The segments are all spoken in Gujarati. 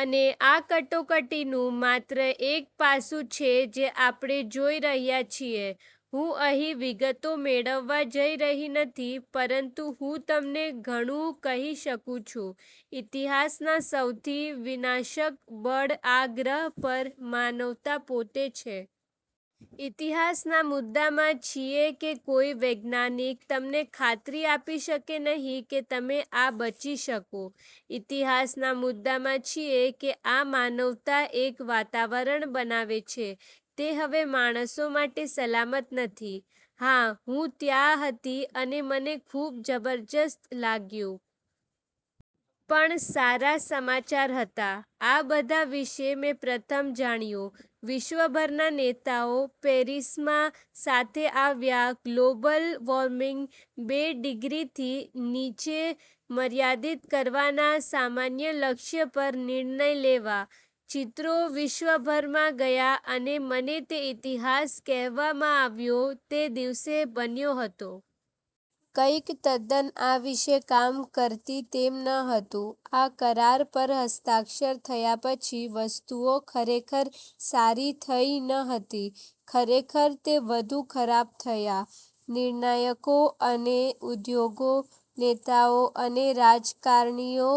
અને આ કટોકટીનુ માત્ર એક પાસું છે જે આપણે જોઈ રહ્યા છીએ. હું અહીં વિગતો મેળવવા જઇ રહી નથી પરંતુ હું તમને ઘણું કહી શકું છું. ઇતિહાસના સૌથી વિનાશક બળ આ ગ્રહ પર માનવતા પોતે છે. ઇતિહાસના મુદ્દામાં છીએ કે કોઈ વૈજ્ઞાનિક તમને ખાતરી આપી શકે નહીં કે તમે આ બચી શકશો. ઇતિહાસના મુદ્દામાં છીએ કે આ માનવતા એક વાતાવરણ બનાવે છે તે હવે માણસો માટે સલામત નથી. હા, હું ત્યાં હતી અને મને ખૂબ જબરજસ્ત લાગ્યું. પણ સારા સમાચાર હતા. આ બધા વિશે મે પ્રથમ જાણ્યું. વિશ્વભરના નેતાઓ પેરિસમાં સાથે આવ્યા ગ્લોબલ વોર્મિંગ બે ડિગ્રીથી નીચે મર્યાદિત કરવાના સામાન્ય લક્ષ્ય પર નિર્ણય લેવા. ચિત્રો વિશ્વભરમાં ગયા અને મને તે ઇતિહાસ કહેવામાં આવ્યો તે દિવસે બન્યો હતો. કંઈક તદ્દન આ વિશે કામ કરતી તેમ ન હતું. આ કરાર પર હસ્તાક્ષર થયા પછી વસ્તુઓ ખરેખર સારી થઈ ન હતી. ખરેખર, તે વધુ ખરાબ થયા. નિર્ણાયકો અને ઉદ્યોગો, નેતાઓ અને રાજકારણીઓ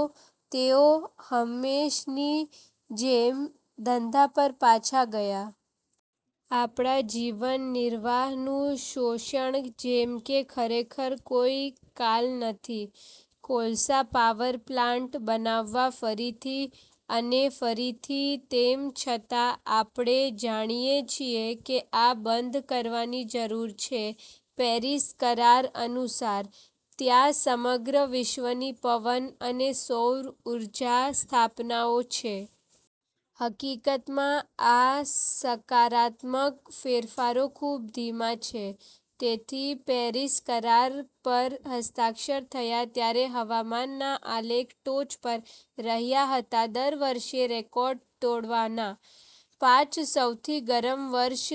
તેઓ હંમેશની જેમ ધંધા પર પાછા ગયા. આપણા જીવનનિર્વાહનું શોષણ જેમ કે ખરેખર કોઈ કાલ નથી. કોલસા પાવર પ્લાન્ટ બનાવવા ફરીથી અને ફરીથી તેમ છતાં આપણે જાણીએ છીએ કે આ બંધ કરવાની જરૂર છે પેરિસ કરાર અનુસાર. ત્યાં સમગ્ર વિશ્વની પવન અને સૌર ઊર્જા સ્થાપનાઓ છે. હકીકતમાં, આ સકારાત્મક ફેરફારો ખૂબ ધીમા છે. તેથી પેરિસ કરાર પર હસ્તાક્ષર થયા ત્યારે હવામાનના આલેખ ટોચ પર રહ્યા હતા દર વર્ષે રેકોર્ડ તોડવાના. પાંચ સૌથી ગરમ વર્ષ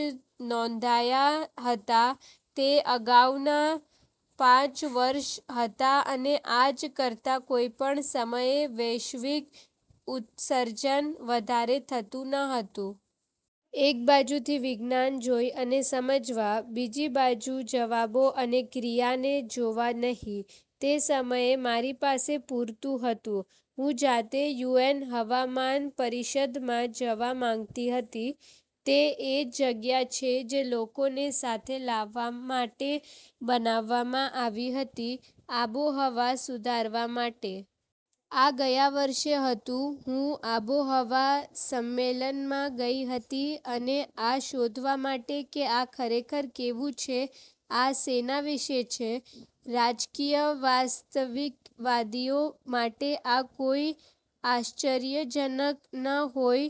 નોધાયાં હતા તે અગાઉના પાંચ વર્ષ હતા અને આજ કરતા કોઈપણ સમયે વૈશ્વિક ઉત્સર્જન વધારે થતું ન હતું. એક બાજુથી વિજ્ઞાન જોઈ અને સમજવા, બીજી બાજુ જવાબો અને ક્રિયાને જોવા નહીં. તે સમયે મારી પાસે પૂરતું હતું. હું જાતે યુએન હવામાનપરિષદમાં જવા માંગતી હતી. તે એ જ જગ્યા છે જે લોકોને સાથે લાવવા માટે બનાવવામાં આવી હતી આબોહવા સુધારવા માટે. આ ગયા વર્ષે હતું. હું આબોહવા સંમેલનમાં ગઈ હતી અને આ શોધવા માટે કે આ ખરેખર કેવું છે. આ સેના વિશે છે. રાજકીય વાસ્તવિકવાદીઓ માટે આ કોઈ આશ્ચર્યજનક ન હોઈ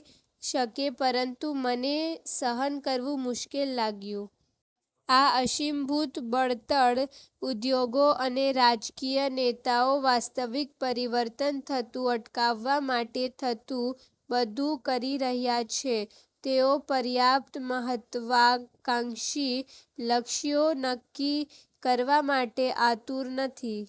શકે પરંતુ મને સહન કરવું મુશ્કેલ લાગ્યું. આ અશ્મિભૂત બળતણ ઉદ્યોગો અને રાજકીય નેતાઓ વાસ્તવિક પરિવર્તન થતું અટકાવવા માટે થતું બધું કરી રહ્યા છે. તેઓ પર્યાપ્ત મહત્વાકાંક્ષી લક્ષ્યો નક્કી કરવા માટે આતુર નથી.